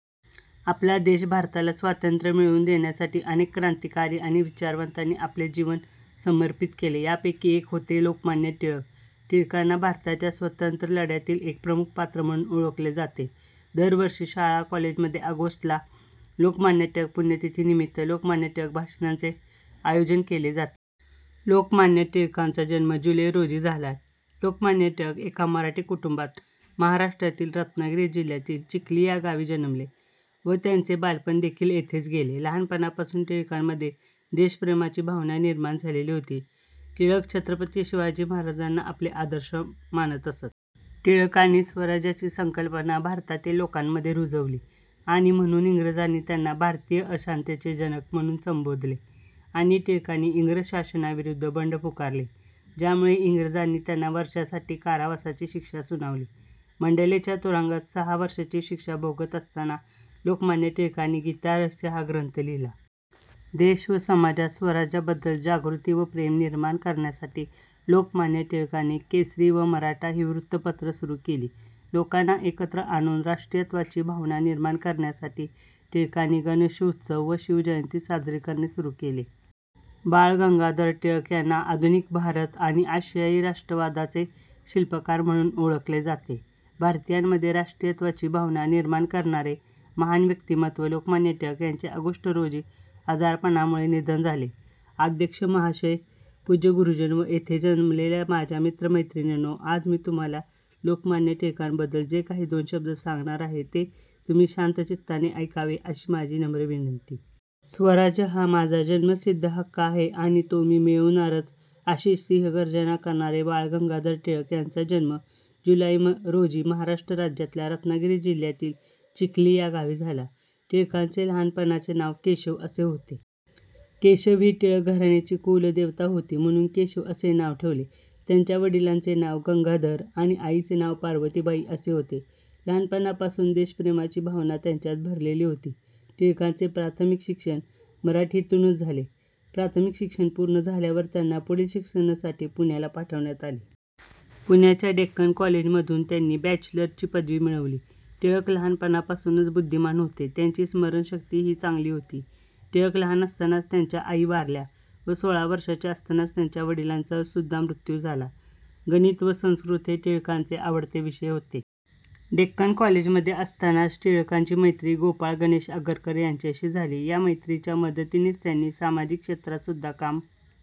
: आपला देश भारताला स्वतंत्र मिळवून देण्यासाठी अनेक क्रांतिकारी आणि विचारवंतांनी आपले जीवन समर्पित केले. यापैकीच एक होते लोकमान्य टिळक. टिळकांना भारताच्या स्वतंत्र लढ्यातील एक प्रमुख पात्र म्हणून ओळखले जाते. दरवर्षी शाळा-कॉलेज मध्ये ऑगस्ट ला लोकमान्य टिळक पुण्यतिथि निमित्त लोकमान्य टिळक भाषणाचे आयोजन केले जाते. लोकमान्य टिळकांचा जन्म जुलै रोजी झाला. लोकमान्य टिळक एका मराठी कुटुंबात महाराष्ट्रातील रत्नागिरी जिल्ह्यातील चिखली या गावी जन्मले व त्यांचे बालपण देखील येथेच गेले. लहानपणापासून टिळकांमध्ये देशप्रेमाची भावना निर्माण झालेली होती. टिळक छत्रपती शिवाजी महाराजांना आपले आदर्श मानत असत. टिळकांनी स्वराज्याची संकल्पना भारतातील लोकांमध्ये रुजवली आणि म्हणून इंग्रजांनी त्यांना 'भारतीय अशांततेचे जनक' म्हणून संबोधले आणि टिळकांनी इंग्रज शासनाविरुद्ध बंड पुकारले, ज्यामुळे इंग्रजांनी त्यांना वर्षासाठी कारावासाची शिक्षा सुनावली. मंडालेच्या तुरुंगात सहा वर्षाची शिक्षा भोगत असताना लोकमान्य टिळकांनी 'गीतारहस्य' हा ग्रंथ लिहिला. देश व समाजात स्वराज्याबद्दल जागृती व प्रेम निर्माण करण्यासाठी लोकमान्य टिळकांनी केसरी व मराठा ही वृत्तपत्र सुरू केली. लोकांना एकत्र आणून राष्ट्रीयत्वाची भावना निर्माण करण्यासाठी टिळकांनी गणेशोत्सव व शिवजयंती साजरी करणे सुरू केले. बाळ गंगाधर टिळक यांना आधुनिक भारत आणि आशियाई राष्ट्रवादाचे शिल्पकार म्हणूनही ओळखले जाते. भारतीयांमध्ये राष्ट्रीयत्वाची भावना निर्माण करणारे महान व्यक्तिमत्व लोकमान्य टिळक यांचे ऑगस्ट रोजी आजारपणामुळे निधन झाले. अध्यक्ष महाशय पूज्य गुरुजन व येथे जमलेल्या माझ्या मित्र-मैत्रिणींनो आज मी तुम्हाला लोकमान्य टिळकांन बद्दल जे काही दोन शब्द सांगणार आहे ते तुम्ही शांतचित्ताने ऐकावे अशी माझी नम्र विनंती. स्वराज्य हा माझा जन्मसिद्ध हक्क आहे आणि तो मी मिळवणारच अशी सिंहगर्जना करणारे बाळ गंगाधर टिळक यांचा जन्म जुलाई रोजी महाराष्ट्र राज्यातल्या रत्नागिरी जिल्ह्यातील चिखली या गावी झाला. टिळकांचे लहान पणाचे नाव केशव असे होते. केशव ही टिळक घराण्याची कुलदेवता होती म्हणून केशव असे नाव ठेवले. त्यांच्या वडिलांचे नाव गंगाधर आणि आईचे नाव पार्वतीबाई असे होते. लहानपणापासून देशप्रेमाची भावना त्यांच्यात भरलेली होती. टिळकांचे प्राथमिक शिक्षण मराठीतूनच झाले. प्राथमिक शिक्षण पूर्ण झाल्यावर त्यांना पुढील शिक्षणासाठी पुण्याला पाठवण्यात आले. पुण्याच्या डेक्कन कॉलेजमधून त्यांनी बॅचलर ची पदवी मिळवली. टिळक लहानपणापासून बुद्धिमान होते त्यांची स्मरणशक्ती ही चांगली होती. टिळक लहान असतानाच त्यांचा आई वारल्या व सोळा वर्षाचे असतानाच त्यांच्या वडिलांचा सुद्धा मृत्यू झाला. गणित व संस्कृत हे टिळकांचे आवडते विषय होते. डेक्कन कॉलेजमध्ये असतानाच टिळकांची मैत्री गोपाळ गणेश आगरकर यांच्याशी झाली. या मैत्रीच्या मदतीनेच त्यांनी सामाजिक क्षेत्रात सुद्धा काम